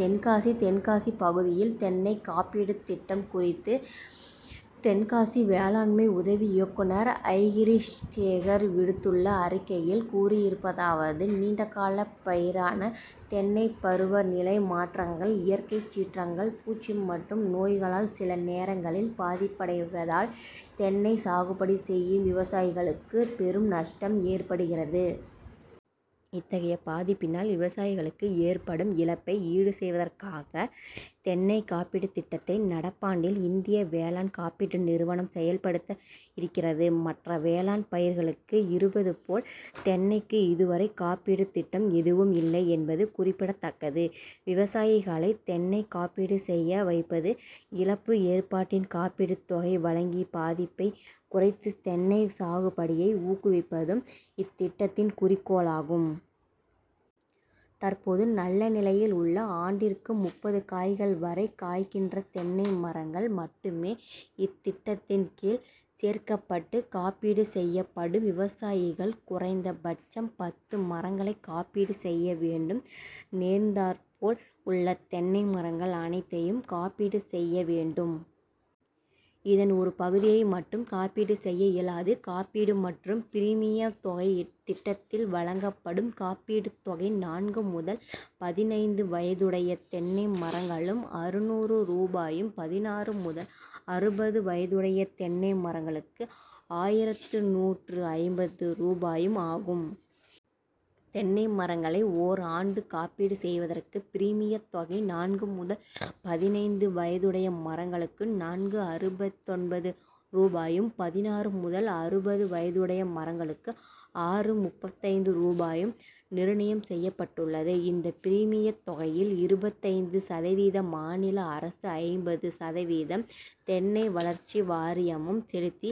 தென்காசி தென்காசி பகுதியில் தென்னை காப்பீடு திட்டம் குறித்து தென்காசி வேளாண்மை உதவி இயக்குநர் ஐரிஷ்சேகர் விடுத்துள்ள அறிக்கையில் கூறியிருப்பதாவது நீண்ட கால பயிரான தென்னை பருவ நிலை மாற்றங்கள், இயற்கை சீற்றங்கள், பூச்சி மற்றும் நோய்களால் சில நேரங்களில் பாதிப்படைவதால் தென்னை சாகுபடி செய்யும் விவசாயிகளுக்கு பெரும் நஷ்டம் ஏற்படுகிறது. இத்தகைய பாதிப்பினால் விவசாயிகளுக்கு ஏற்படும் இழப்பை ஈடு செய்வதற்காக தென்னை காப்பீடு திட்டத்தை நடப்பாண்டில் இந்திய வேளாண் காப்பீடு நிறுவனம் செயல்படுத்த இருக்கிறது. மற்ற வேளாண் பயிர்களுக்கு இருப்பது போல் தென்னைக்கு இதுவரை காப்பீடு திட்டம் எதுவும் இல்லை என்பது குறிப்பிடத்தக்கது. விவசாயிகளை தென்னை காப்பீடு செய்ய வைப்பதும், இழப்பு ஏற்படின் காப்பீடு தொகை வழங்கி பாதிப்பை குறைத்து தென்னை சாகுபடியை ஊக்குவிப்பதும் இத்திட்டத்தின் குறிக்கோளாகும். தற்போது நல்ல நிலையில் உள்ள ஆண்டிற்கு முப்பது காய்கள் வரை காய்க்கின்ற தென்னை மரங்கள் மட்டுமே இத்திட்டத்தின் கீழ் சேர்க்க்கப்பட்டு காப்பீடு செய்யப்படும். விவசாயிகள் குறைந்த பட்சம் பத்து மரங்களை காப்பீடு செய்ய வேண்டும். சேர்ந்தாற்போல் உள்ள தென்னை மரங்கள் அனைத்தையும் காப்பீடு செய்ய வேண்டும். இதன் ஒரு பகுதியை மட்டும் காப்பீடு செய்ய இயலாது. காப்பீடு மற்றும் பிரிமிய தொகைஇத்திட்டத்தில் வழங்கப்படும் காப்பீடு தொகை நான்கு முதல் பதினைந்து வயதுடைய தென்னை மரங்களுக்கு அறுநூறு ரூபாயும், பதினாறு முதல் அறுபது வயதுடைய தென்னை மரங்களுக்கு ஆயிரத்து நூற்று ஐம்பது ரூபாயும் ஆகும். தென்னை மரங்களை ஓர் ஆண்டு காப்பீடு செய்வதற்கு பிரிமிய தொகை நான்கு முதல் பதினைந்து வயதுடைய மரங்களுக்கு நான்கு.அறுபத்தொன்பது ரூபாயும், பதினாறு முதல் அறுபது வயதுடைய மரங்களுக்கு ஆறு.முப்பத்தைந்து ரூபாயும் நிர்ணயம் செய்யப்பட்டுள்ளது. இந்த பிரிமிய தொகையில் இருபத்தைந்து சதவீதம் மாநில அரசும், ஐம்பது சதவீதம் தென்னை வளர்ச்சி வாரியமும் செலுத்தி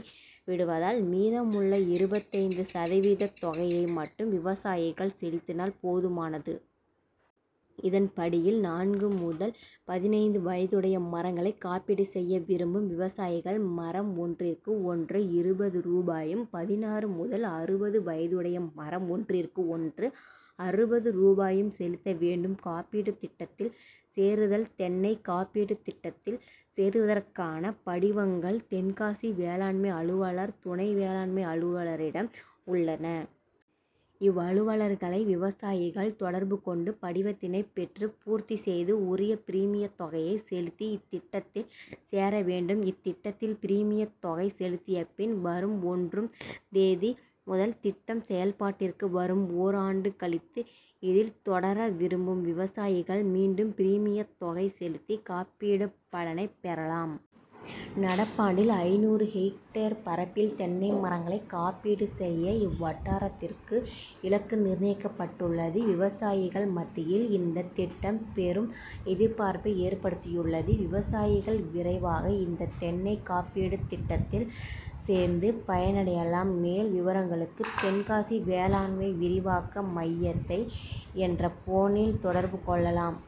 விடுவதால் மீதமுள்ள இருபத்தைந்து சதவீதம் தொகையை மட்டும் விவசாயிகள் செலுத்தினால் போதுமானது. இதனடிப்படையில் நான்கு முதல் பதினைந்து வயதுடைய மரங்களை காப்பீடு செய்ய விரும்பும் விவசாயிகள் மரம் ஒன்றிக்கு ஒன்று.இருபது ரூபாயும், பதினாறு முதல் அறுபது வயதுடைய மரம் ஒன்றிற்கு ஒன்று.அறுபது ரூபாயும் செலுத்த வேண்டும். காப்பீடு திட்டத்தில் சேருதல்தென்னை காப்பீடு திட்டத்தில் சேருவதற்கான படிவங்கள் தென்காசி வேளாண்மை அலுவலர், துணை வேளாண்மை அலுவலரிடம் உள்ளன. இவ்வலுவலர்களை விவசாயிகள் தொடர்பு கொண்டு படிவத்தினை பெற்று பூர்த்தி செய்து உரிய பிரிமிய தொகையை செலுத்தி இத்திட்டத்தில் சேர வேண்டும். இத்திட்டத்தில் பிரிமிய தொகை செலுத்திய பின் வரும் ஒன்று ம் தேதி முதல் திட்டம் செயல்பாட்டிற்கு வரும். ஓர் ஆண்டு கழித்து இதில் தொடர விரும்பும் விவசாயிகள் மீண்டும் பிரிமிய தொகை செலுத்தி காப்பீடு பலனை பெறலாம். நடப்பாண்டில் ஐந்நூறு ஹெக்டேர் பரப்பில் தென்னை மரங்களை காப்பீடு செய்ய இவ்வட்டாரத்திற்கு இலக்கு நிர்ணயிக்கப்பட்டுள்ளது. விவசாயிகள் மத்தியில் இந்த திட்டம் பெரும் எதிர்பார்ப்பை ஏற்படுத்தியுள்ளது. விவசாயிகள் விரைவாக இந்த தென்னை காப்பீடு திட்டத்தில் சேர்ந்து பயனடையலாம். மேல் விபரங்களுக்கு தென்காசி வேளாண்மை விரிவாக்க மையத்தை என்ற போனில் தொடர்பு கொள்ளலாம்.